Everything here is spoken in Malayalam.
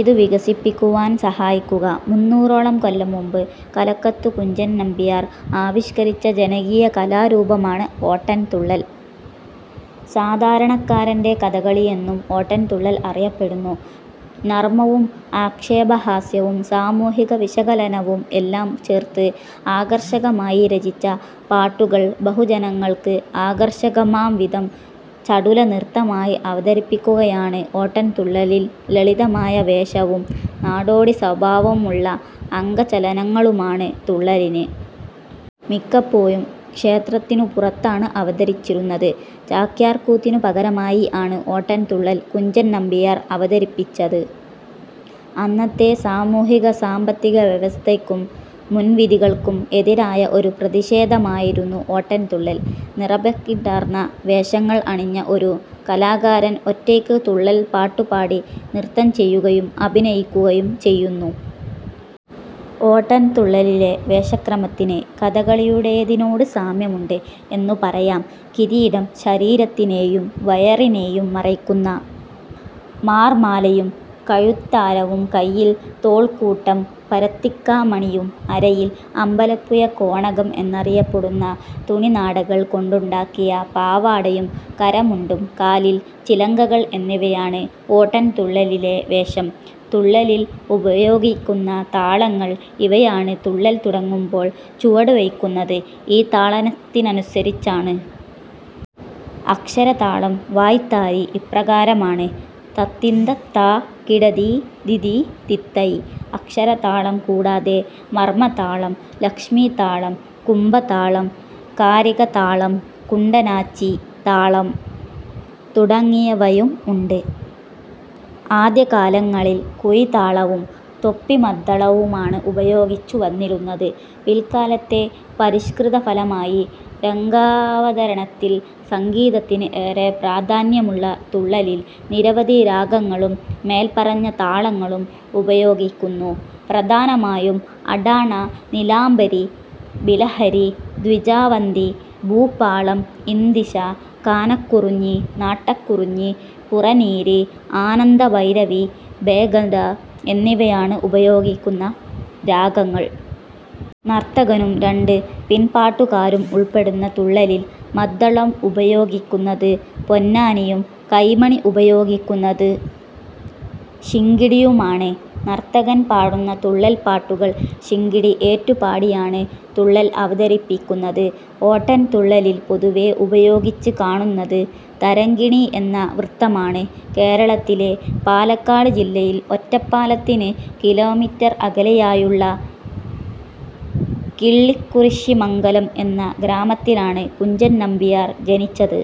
ഇതു വികസിപ്പിക്കുവാൻ സഹായിക്കുക. മുന്നുറോളം കൊല്ലംമുമ്പ് കലക്കത്തു കുഞ്ചൻ നമ്പ്യാർ ആവിഷ്കരിച്ച ജനകീയകലാരുപമാണ് ഓട്ടൻതുള്ളൽ. സാധാരണക്കാരന്റെ കഥകളി എന്നും ഓട്ടൻതുള്ളൽ അറിയപ്പെടുന്നു. നർമ്മവും ആക്ഷേപഹാസ്യവും സാമൂഹിക വിശകലനവും എല്ലാം ചേർത്ത് ആകർഷകമായി രചിച്ച പാട്ടുകൾ ബഹുജനങ്ങൾക്ക് ആകർഷകമാം വിധം ചടുല നൃത്തമായി അവതരിപ്പിക്കുകയാണ് ഓട്ടൻതുള്ളലിൽ. ലളിതമായ വേഷവും നാടോടി സ്വഭാവമുള്ള അംഗചലനങ്ങളുമാണ് തുള്ളലിന്. മിക്കപ്പോഴും ക്ഷേത്രത്തിനു പുറത്താണ് അവതരിപ്പിച്ചിരുന്നത്. ചാക്യാർ കൂത്തിനു പകരമായി ആണ് ഓട്ടൻതുള്ളൽ കുഞ്ചൻ നമ്പ്യാർ അവതരിപ്പിച്ചത്. അന്നത്തെ സാമൂഹിക സാമ്പത്തിക വ്യവസ്ഥയ്ക്കും മുൻവിധികൾക്കും എതിരായ ഒരു പ്രതിഷേധമായിരുന്നു ഓട്ടൻതുള്ളൽ. നിറപ്പകിട്ടാർന്ന വേഷങ്ങൾ അണിഞ്ഞ ഒരു കലാകാരൻ ഒറ്റയ്ക്ക് തുള്ളൽ പാട്ടുപാടി നൃത്തം ചെയ്യുകയും അഭിനയിക്കുകയും ചെയ്യുന്നു. ഓട്ടൻ തുള്ളലിലെ വേഷക്രമത്തിന് കഥകളിയുടേതിനോട് സാമ്യമുണ്ട് എന്നു പറയാം. കിരീടം, ശരീരത്തിനെയും വയറിനെയും മറയ്ക്കുന്ന മാർമാലയും കഴുത്താരവും കൈയ്യിൽ തോൾക്കൂട്ടം, പരത്തിക്കാമണിയും അരയിൽ 'അമ്പലപുഴ കോണകം' എന്നറിയപ്പെടുന്ന തുണിനാടകൾ കൊണ്ടുണ്ടാക്കിയ പാവാടയും കരമുണ്ടും കാലിൽ ചിലങ്കകൾ എന്നിവയാണ് ഓട്ടൻതുള്ളലിലെ വേഷം. തുള്ളലിൽ ഉപയോഗിയ്ക്കുന്ന താളങ്ങൾ ഇവയാണ് തുള്ളൽ തുടങ്ങുമ്പോൾ ചുവടുവെയ്ക്കുന്നത് ഈ താളത്തിനനുസരിച്ചാണ്. അക്ഷര താളം. വായ്ത്താരി ഇപ്രകാരമാണ്"തത്തിന്തത്താ കിടധീ ധിതി ത്തിത്തൈ" അക്ഷരതാളം കൂടാതെ മർമ്മ താളം, ലക്ഷ്മീ താളം, കുംഭ താളം, കാരികതാളം, കുണ്ടനാച്ചിതാളം തുടങ്ങിയവയും ഉണ്ട്. ആദ്യകാലങ്ങളിൽ കുഴിതാളവും തൊപ്പിമദ്ദളവുമാണ് ഉപയോഗിച്ചു വന്നിരുന്നത് പിൽക്കാലത്തെ പരിഷ്കൃതഫലമായി രംഗാവതരണത്തിൽ സംഗീതത്തിന് ഏറെപ്രാധാന്യമുള്ള തുള്ളലിൽ നിരവധി രാഗങ്ങളും മേൽപറഞ്ഞ താളങ്ങളും ഉപയോഗിയ്ക്കുന്നു. പ്രധാനമായും അഠാണ, നീലാംബരി, ബിലഹരി, ദ്വിജാവന്തി, ഭൂപാളം, ഇന്ദിശ, കാനക്കുറുഞ്ഞി, നാട്ടക്കുറുഞ്ഞി, പുറനീര്, ആനന്ദഭൈരവി, ബേഗഡ എന്നിവയാണ് ഉപയോഗിയ്ക്കുന്ന രാഗങ്ങൾ. നർത്തകനും രണ്ട് പിൻപാട്ടുകാരും ഉൾപ്പെടുന്ന തുള്ളലിൽ മദ്ദളം ഉപയോഗിയ്ക്കുന്നത് പൊന്നാനിയും കൈമണി ഉപയോഗിയ്ക്കുന്നത് ശിങ്കിടിയുമാണ്. നർത്തകൻ പാടുന്ന തുള്ളൽപാട്ടുകൾ ശിങ്കിടി ഏറ്റുപാടിയാണ് തുള്ളൽ അവതരിപ്പിയ്ക്കുന്നത്. ഓട്ടൻ തുള്ളലിൽ പൊതുവേ ഉപയോഗിച്ച് കാണുന്നത് തരംഗിണി എന്ന വൃത്തമാണ്. കേരളത്തിലെ പാലക്കാട് ജില്ലയിൽ ഒറ്റപ്പാലത്തിന് കിലോമീറ്റർ അകലെയായുള്ള കിള്ളിക്കുറിശ്ശിമംഗലം എന്ന ഗ്രാമത്തിലാണ് കുഞ്ചൻ നമ്പ്യാർ ജനിച്ചത്.